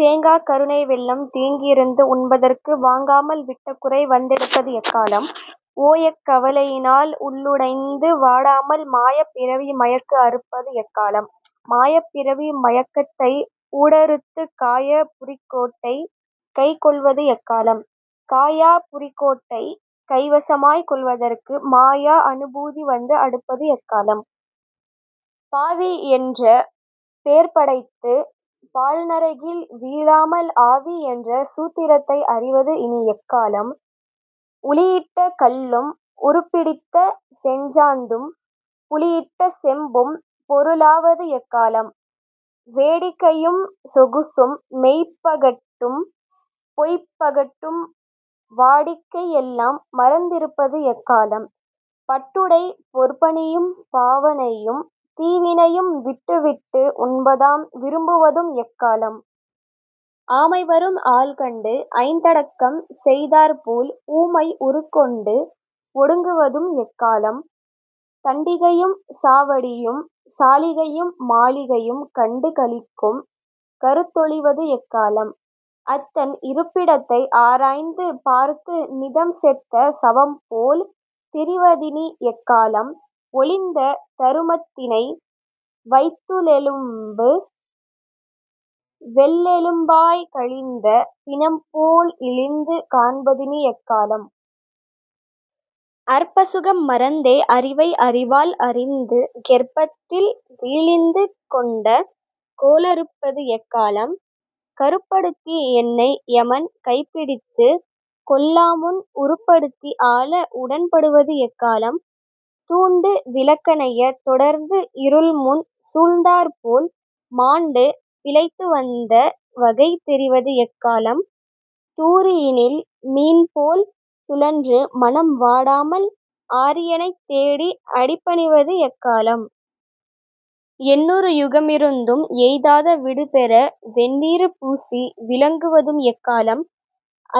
தேங்காக் கருணைவெள்ளம் தேக்கியிருந்து உண்பதற்கு வாங்காமல் விட்டகுறை வந்தெடுப்பது எக்காலம்? ஓயக் கவலையினால் உள்ளுடைந்து வாடாமல் மாயாப் பிறவி மயக்கு அறுப்பது எக்காலம்? மாயாப் பிறவி மயக்கத்தை ஊடறுத்துக் காயா புரிக்கோட்டை கைக் கொள்வது எக்காலம்? காயா புரிக்கோட்டை கைவசமாய்க் கொள்வதற்கு மாயா அனுபூதி வந்துஅடுப்பது எக்காலம்? பாவி என்ற பேர்படைத்து பாழ்நரகில் வீழாமல் ஆவி என்ற சூத்திரத்தை அறிவது இனி எக்காலம்? உளியிட்ட கல்லும் உருப்பிடித்த செஞ்சாந்தும் புளியிட்ட செம்பும் பொருளாவது எக்காலம்? வேடிக்கையும் சொகுசும் மெய்ப்பகட்டும் பொய்ப்பகட்டும் வாடிக்கை எல்லாம் மறந்திருப்பது எக்காலம்? பட்டுடை பொற்பணியும் பாவனையும் தீவினையும் விட்டுவிட்டு உன்பாதம் விரும்புவதும் எக்காலம்? ஆமைவரும் ஆள்கண்டு ஐந்தடக்கம் செய்தாற்போல் ஊமை உருக்கொண்டு ஒடுங்குவதும் எக்காலம்? தண்டிகையும் சாவடியும் சாளிகையும் மாளிகையும் கண்டு களிக்கும் கருத்தொழிவது எக்காலம்? அத்தன் இருப்பிடத்தை ஆராய்ந்து பார்த்து நிதம் செத்த சவம்போல் திரிவதினி எக்காலம்? ஒழிந்த தருமத்தினை வைத்துள்ளெலும்பு வெள்ளெலும்பாய்க் கழிந்த பிணம்போல்இழிந்து காண்பதினி எக்காலம்? அற்பசுகம் மறந்தே அறிவை அறிவால் அறிந்து கெர்ப்பத்தில் வீழிந்து கொண்ட கோளறுப்பது எக்காலம்? கருப்படுத்தி என்னை யமன் கைப்பிடித்து கொள்ளாமுன் உருப்படுத்தி ஆள உடன்படுவது எக்காலம்? தூண்டு விளக்கணைய தொடர்ந்து இருள் முன் சூழ்ந்தாற்போல் மாண்டு பிழைத்துவந்த வகை தெரிவது எக்காலம்? தூரியினில் மீன்போல் சுழன்று மனம் வாடாமல் ஆரியனைத் தேடி அடிபணிவது எக்காலம்? எண்ணூறு யுகமிருந்தும் எய்தாத விடுபெற வெண்ணீறு பூசி விளங்குவதும் எக்காலம்?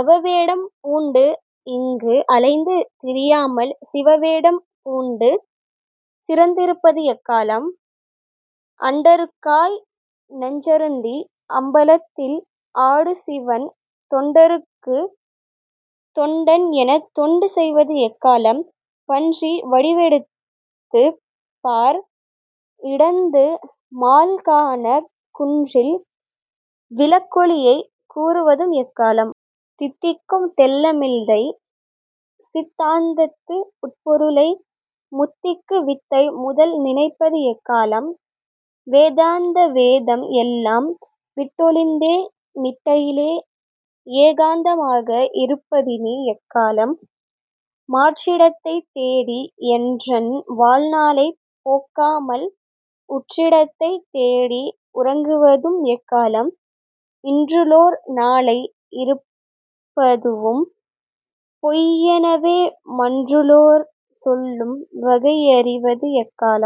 அவவேடம் பூண்டு இங்கு அலைந்து திரியாமல் சிவவேடம் பூண்டு சிறந்திருப்பது எக்காலம்? அண்டருக்காய் நஞ்சருந்தி அம்பலத்தில் ஆடுசிவன் தொண்டருக்கு தொண்டன் என தொண்டு செய்வது எக்காலம்? பன்றி வடிவெடுத்துப் பார் இடந்து மால்காணா குன்றில் விளக்கொளியை கூறுவதும் எக்காலம்? தித்திக்கும் தெள்ளமிழ்தை சித்தாந்தத்து உட்பொருளை முத்திக்கு வித்தை முதல் நினைப்பது எக்காலம்? வேதாந்தவேதம் எல்லாம் விட்டொழிந்தே நிட்டையிலே ஏகாந்தமாக இருப்பதினி எக்காலம்? மற்றிடத்தை தேடி என்றன் வாழ்நாளை போக்காமல் உற்றிடத்தை தேடி உறங்குவதும் எக்காலம்? இன்றுளோர் நாளை இருப்பதுவும் பொய்யெனவே மன்றுளோர் சொல்லும் வகையறிவது எக்காலம்?